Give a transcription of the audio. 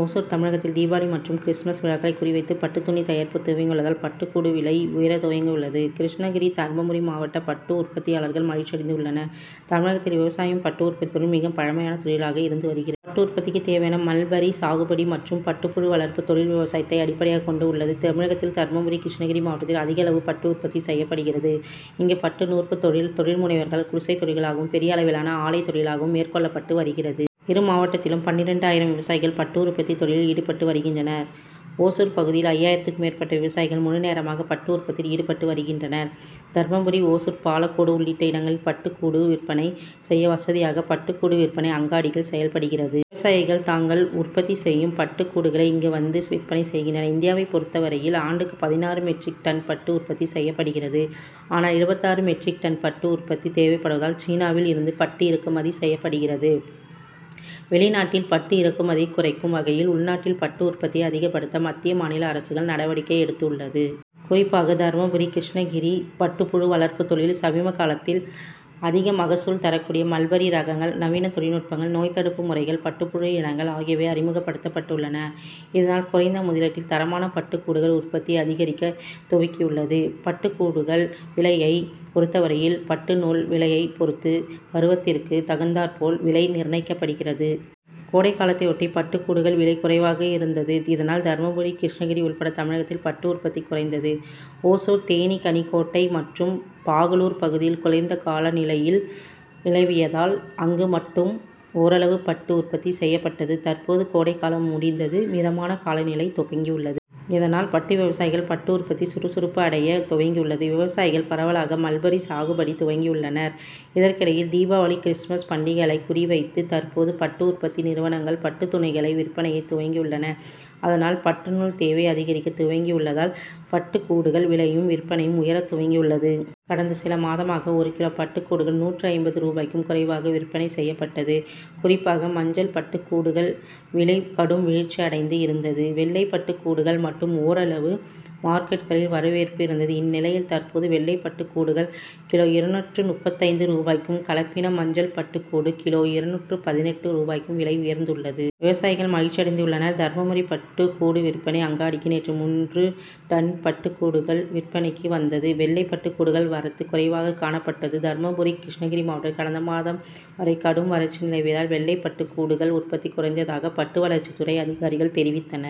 ஓசூர் தமிழகத்தில் தீபாவளி மற்றும் கிறிஸ்துமஸ் விழாக்களை குறி வைத்து பட்டு துணி தயாரிப்பு துவங்கியுள்ளதால், பட்டு கூடு விலை உயர துவங்கியுள்ளது. கிருஷ்ணகிரி, தர்மபுரி மாவட்ட பட்டு உற்பத்தியாளர்கள் மகிழ்ச்சியடைந்துள்ளனர். தமிழகத்தில் விவசாயமும், பட்டு உற்பத்தி தொழிலும் மிக பழமையான தொழிலாளாக இருந்து வருகிறது. பட்டு உற்பத்திக்கு தேவையான மல்பரி சாகுபடி மற்றும் பட்டுப்புழு வளர்ப்பு தொழில் விவசாயத்தை அடிப்படையாக கொண்டு உள்ளது. தமிழகத்தில் தர்மபுரி, கிருஷ்ணகிரி மாவட்டத்தில் அதிகளவு பட்டு உற்பத்தி செய்யப்படுகிறது. இங்கு பட்டு நூற்பு தொழில் தொழில் முனைவோர்களால் குடிசை தொழிலாகவும், பெரிய அளவிலான ஆலை தொழிலாகவும் மேற்கொள்ளப்பட்டு வருகிறது. இரு மாவட்டத்திலும் பன்னிரண்டு ஆயிரம் விவசாயிகள் பட்டு உற்பத்தி தொழிலில் ஈடுபட்டு வருகின்றனர். ஓசூர் பகுதியில் ஐயாயிரத்துக்கும் மேற்பட்ட விவசாயிகள் முழுநேரமாக பட்டு உற்பத்தியில் ஈடுபட்டு வருகின்றனர். தர்மபுரி, ஓசூர், பாலக்கோடு உள்ளிட்ட இடங்களில் பட்டு கூடு விற்பனை செய்ய வசதியாக பட்டு கூடு விற்பனை அங்காடிகள் செயல்படு கிறது. விவசாயிகள் தாங்கள் உற்பத்தி செய்யும் பட்டு கூடுகளை இங்கு வந்து விற்பனை செய்கின்றனர். இந்தியாவை பொறுத்தவரையில் ஆண்டுக்கு பதினாறு மெட்ரிக் டன் பட்டு உற்பத்தி செய்யப்படுகிறது. ஆனால், இருபத்தாறு மெட்ரிக் டன் பட்டு உற்பத்தி தேவைப்படுவதால் சீனாவில் இருந்து பட்டு இறக்குமதி செய்யப்படுகிறது. வெளிநாட்டில் பட்டு இறக்குமதியை குறைக்கும் வகையில் உள்நாட்டில் பட்டு உற்பத்தியை அதிகப்படுத்த மத்திய, மாநில அரசுகள் நடவடிக்கை எடுத்துள்ளது. குறிப்பாக தர்மபுரி, கிருஷ்ணகிரி பட்டு புழு வளர்ப்பு தொழிலில் சமீப காலத்தில் அதிக மகசூல் தரக்கூடிய மல்பரி ரகங்கள், நவீன தொழில்நுட்பங்கள், நோய் தடுப்பு முறைகள், பட்டுப்புழு இனங்கள் ஆகியவை அறிமுகப்படுத்தப்பட்டுள்ளன. இதனால், குறைந்த முதலீட்டில் தரமான பட்டு கூடுகள் உற்பத்தி அதிகரிக்க துவங்கியுள்ளது. பட்டு கூடுகள் விலையை பொறுத்தவரையில் பட்டு நூல் விலையை பொறுத்து பருவத்திற்கு தகுந்தாற்போல் விலை நிர்ணயிக்கப்படுகிறது. கோடைகாலத்தையொட்டி பட்டு கூடுகள் விலை குறைவாக இருந்தது. இதனால், தர்மபுரி, கிருஷ்ணகிரி உள்பட தமிழகத்தில் பட்டு உற்பத்தி குறைந்தது. ஓசூர், தேன்கனிக்கோட்டை மற்றும் பாகலூர் பகுதியில் குளிர்ந்த காலநிலை நிலவியதால், அங்கு மட்டும் ஒரளவு பட்டு உற்பத்தி செய்யப்பட்டது. தற்போது கோடை காலம் முடிந்து மிதமான காலநிலை துவங்கியுள்ளது. இதனால், பட்டு விவசாயிகள் பட்டு உற்பத்தி சுறுசுறுப்பு அடைய துவங்கியுள்ளது. விவசாயிகள் பரவலாக மல்பரி சாகுபடி துவங்கியுள்ளனர். இதற்கிடையில் தீபாவளி, கிறிஸ்துமஸ் பண்டிகளை குறி வைத்து தற்போது பட்டு உற்பத்தி நிறுவனங்கள் பட்டு துணிகளை விற்பனையை துவங்கியுள்ளன. அதனால், பட்டு நூல் தேவை அதிகரிக்க துவங்கியுள்ளதால், பட்டு கூடுகள் விலையும், விற்பனையும் உயர துவங்கியுள்ளது. கடந்த சில மாதமாக ஒரு கிலோ பட்டு கூடுகள் நூற்று ஐம்பது ரூபாய்க்கும் குறைவாக விற்பனை செய்யப்பட்டது. குறிப்பாக மஞ்சள் பட்டு கூடுகள் விலை கடும் வீழ்ச்சியடைந்து இருந்தது. வெள்ளை பட்டு கூடுகள் மட்டும் ஒரளவு மார்க்கெட்டுகளில் வரவேற்பு இருந்தது. இந்நிலையில் தற்போது வெள்ளை பட்டு கூடுகள் கிலோ இருநூற்று முப்பத்தைந்து ரூபாய்க்கும், கலப்பின மஞ்சள் பட்டு கூடு கிலோ இருநூற்று பதினெட்டு ரூபாய்க்கும் விலை உயர்ந்துள்ளது. விவசாயிகள் மகிழ்ச்சியடைந்துள்ளனர். தர்மபுரி பட்டு கூடு விற்பனை அங்காடிக்கு நேற்று மூன்று டன் பட்டு கூடுகள் விற்பனைக்கு வந்தது. வெள்ளை பட்டு கூடுகள் வரத்து குறைவாக காணப்பட்டது. தர்மபுரி, கிருஷ்ணகிரி மாவட்டத்தில் கடந்த மாதம் வரை கடும் வறட்சி நிலவியதால், வெள்ளை பட்டு கூடுகள் உற்பத்தி குறைந்ததாக பட்டுவளர்ச்சி துறை அதிகாரிகள் தெரிவித்தனர்.